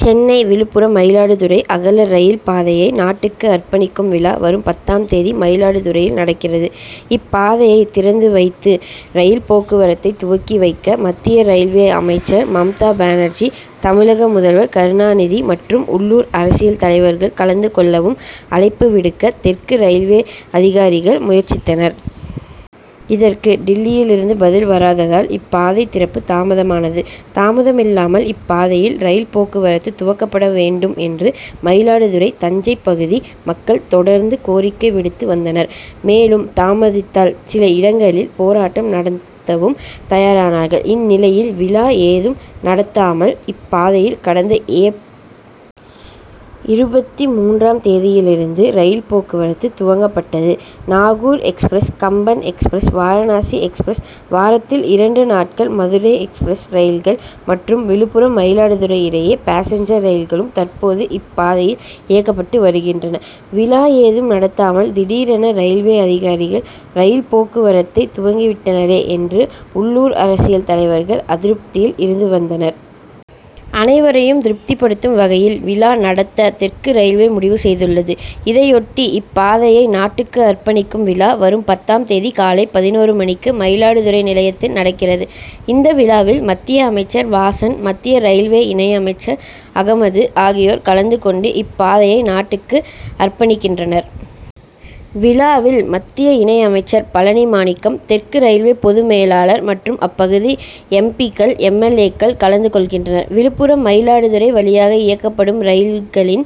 சென்னை விழுப்புரம் மயிலாடுதுறை அகல ரயில் பாதையை நாட்டுக்கு அர்ப்பணிக்கும் விழா வரும் பத்தாம் தேதி மயிலாடுதுறையில் நடக்கிறது. இப்பாதையை திறந்து வைத்து ரயில் போக்குவரத்தை துவக்கி வைக்க மத்திய ரயில்வே அமைச்சர் மம்தா பானர்ஜி தமிழக முதல்வர் கருணாநிதி மற்றும் உள்ளூர் அரசியல் தலைவர்கள் கலந்து கொள்ளவும் அழைப்பு விடுக்க தெற்கு ரயில்வே அதிகாரிகள் முயற்சித்தனர். இதற்கு டில்லியிலிருந்து பதில் வராததால் இப்பாதை திறப்பு தாமதமானது. தாமதமில்லாமல் இப்பாதையில் ரயில் போக்குவரத்து துவங்கப்பட வேண்டும் என்று மயிலாடுதுறை தஞ்சை பகுதி மக்கள் தொடர்ந்து கோரிக்கை விடுத்து வந்தனர். மேலும் தாமதித்தால் சில இடங்களில் போராட்டம் நடத்தவும் தயாரானார்கள். இந்நிலையில் விழா ஏதும் நடத்தாமல் இப்பாதையில் கடந்த ஏப். இருபத்தி மூன்றாம் தேதியிலிருந்து ரயில் போக்குவரத்து துவங்கப்பட்டது. Nagore express Kamban express Varanasi express வாரத்தில் இரண்டு நாட்கள் மதுரை எக்ஸ்பிரஸ் ரயில்கள் மற்றும் விழுப்புரம் மயிலாடுதுறை இடையே பாசஞ்சர் ரயில்களும் தற்போது இப்பாதையில் இயக்கப்பட்டு வருகின்றன. விழா ஏதும் நடத்தாமல் திடீரென ரயில்வே அதிகாரிகள் ரயில் போக்குவரத்தை துவங்கிவிட்டனரே என்று உள்ளூர் அரசியல் தலைவர்கள் அதிருப்தியில் இருந்து வந்தனர். அனைவரையும் திருப்திபடுத்தும் வகையில் விழா நடத்த தெற்கு ரயில்வே முடிவு செய்துள்ளது. இதையொட்டி இப்பாதையை நாட்டுக்கு அர்ப்பணிக்கும் விழா வரும் பத்தாம் தேதி காலை பதினொரு மணிக்கு மயிலாடுதுறை நிலையத்தில் நடக்கிறது. இந்த விழாவில் மத்திய அமைச்சர் வாசன் மத்திய ரயில்வே இணை அமைச்சர் அகமது ஆகியோர் கலந்து கொண்டு இப்பாதையை நாட்டுக்கு அர்ப்பணிக்கின்றனர். விழாவில் மத்திய இணை அமைச்சர் பழனி மாணிக்கம் தெற்கு ரயில்வே பொது மேலாளர் மற்றும் அப்பகுதி எம். பி.க்கள் எம். எல். ஏ.க்கள் கலந்து கொள்கின்றனர். விழுப்புரம் மயிலாடுதுறை வழியாக இயக்கப்படும் ரயில்களின்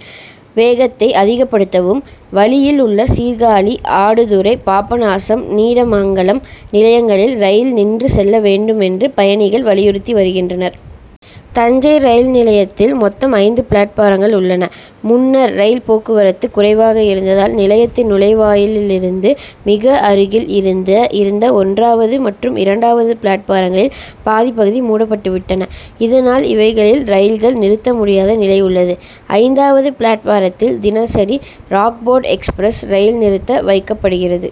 வேகத்தை அதிகப்படுத்தவும் வழியில் உள்ள சீர்காழி ஆடுதுறை பாபநாசம் நீடமங்கலம் நிலையங்களில் ரயில் நின்று செல்ல வேண்டும் என்றும் பயணிகள் வலியுறுத்தி வருகின்றனர். தஞ்சை ரயில் நிலையத்தில் மொத்தம் ஐந்து பிளாட்பாரங்கள் உள்ளன. முன்னர் ரயில் போக்குவரத்து குறைவாக இருந்ததால் நிலையத்தின் நுழைவாயிலிருந்து மிக அருகில் இருந்த ஒன்றாவது மற்றும் இரண்டாவது பிளாட்பாரங்களில் பாதிப் பகுதி மூடப்பட்டுவிட்டன. இதனால் இவைகளில் ரயில்கள் நிறுத்த முடியாத நிலை உள்ளது. ஐந்தாவது பிளாட்பாரத்தில் தினசரி ராக்போர்ட் எக்ஸ்பிரஸ் ரயில் நிறுத்த வைக்கப்படுகிறது.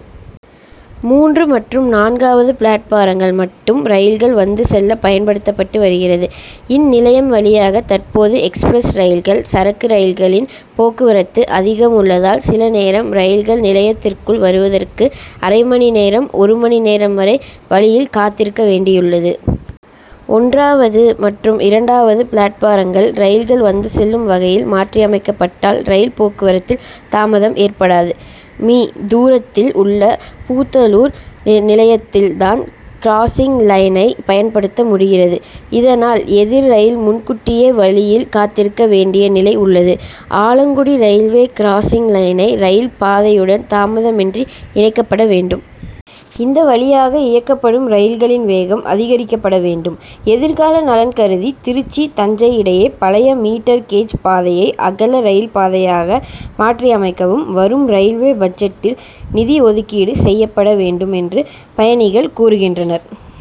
மூன்று மற்றும் நான்காவது பிளாட்பாரங்கள் மட்டும் ரயில்கள் வந்து செல்ல பயன்படுத்தப்பட்டு வருகிறது. இந்நிலையம் வழியாக தற்போது எக்ஸ்பிரஸ் ரயில்கள் சரக்கு ரயில்களின் போக்குவரத்து அதிகம் உள்ளதால் சில நேரம் ரயில்கள் நிலையத்திற்குள் வருவதற்கு அரை மணி நேரம் ஒரு மணி நேரம் வரை வழியில் காத்திருக்க வேண்டியுள்ளது. ஒன்றாவது மற்றும் இரண்டாவது பிளாட்பாரங்கள் ரயில்கள் வந்து செல்லும் வகையில் மாற்றியமைக்கப்பட்டால் ரயில் போக்குவரத்தில் தாமதம் ஏற்படாது. மீ. தூரத்தில் உள்ள பூதலூர் நிலையத்தில் தான் கிராசிங் லைனை பயன்படுத்த முடிகிறது. இதனால் எதிர் ரயில் முன்கூட்டியே வழியில் காத்திருக்க வேண்டிய நிலை உள்ளது. ஆலக்குடி ரயில்வே கிராசிங் லைனை ரயில் பாதையுடன் தாமதமின்றி இணைக்கப்பட வேண்டும். இந்த வழியாக இயக்கப்படும் ரயில்களின் வேகம் அதிகரிக்கப்பட வேண்டும். எதிர்கால நலன் கருதி திருச்சி தஞ்சை இடையே பழைய மீட்டர் கேஜ் பாதையை அகல ரயில் பாதையாக மாற்றியமைக்கவும் வரும் ரயில்வே பட்ஜெட்டில் நிதி ஒதுக்கீடு செய்யப்பட வேண்டும் என்றும் பயணிகள் கூறுகின்றனர்.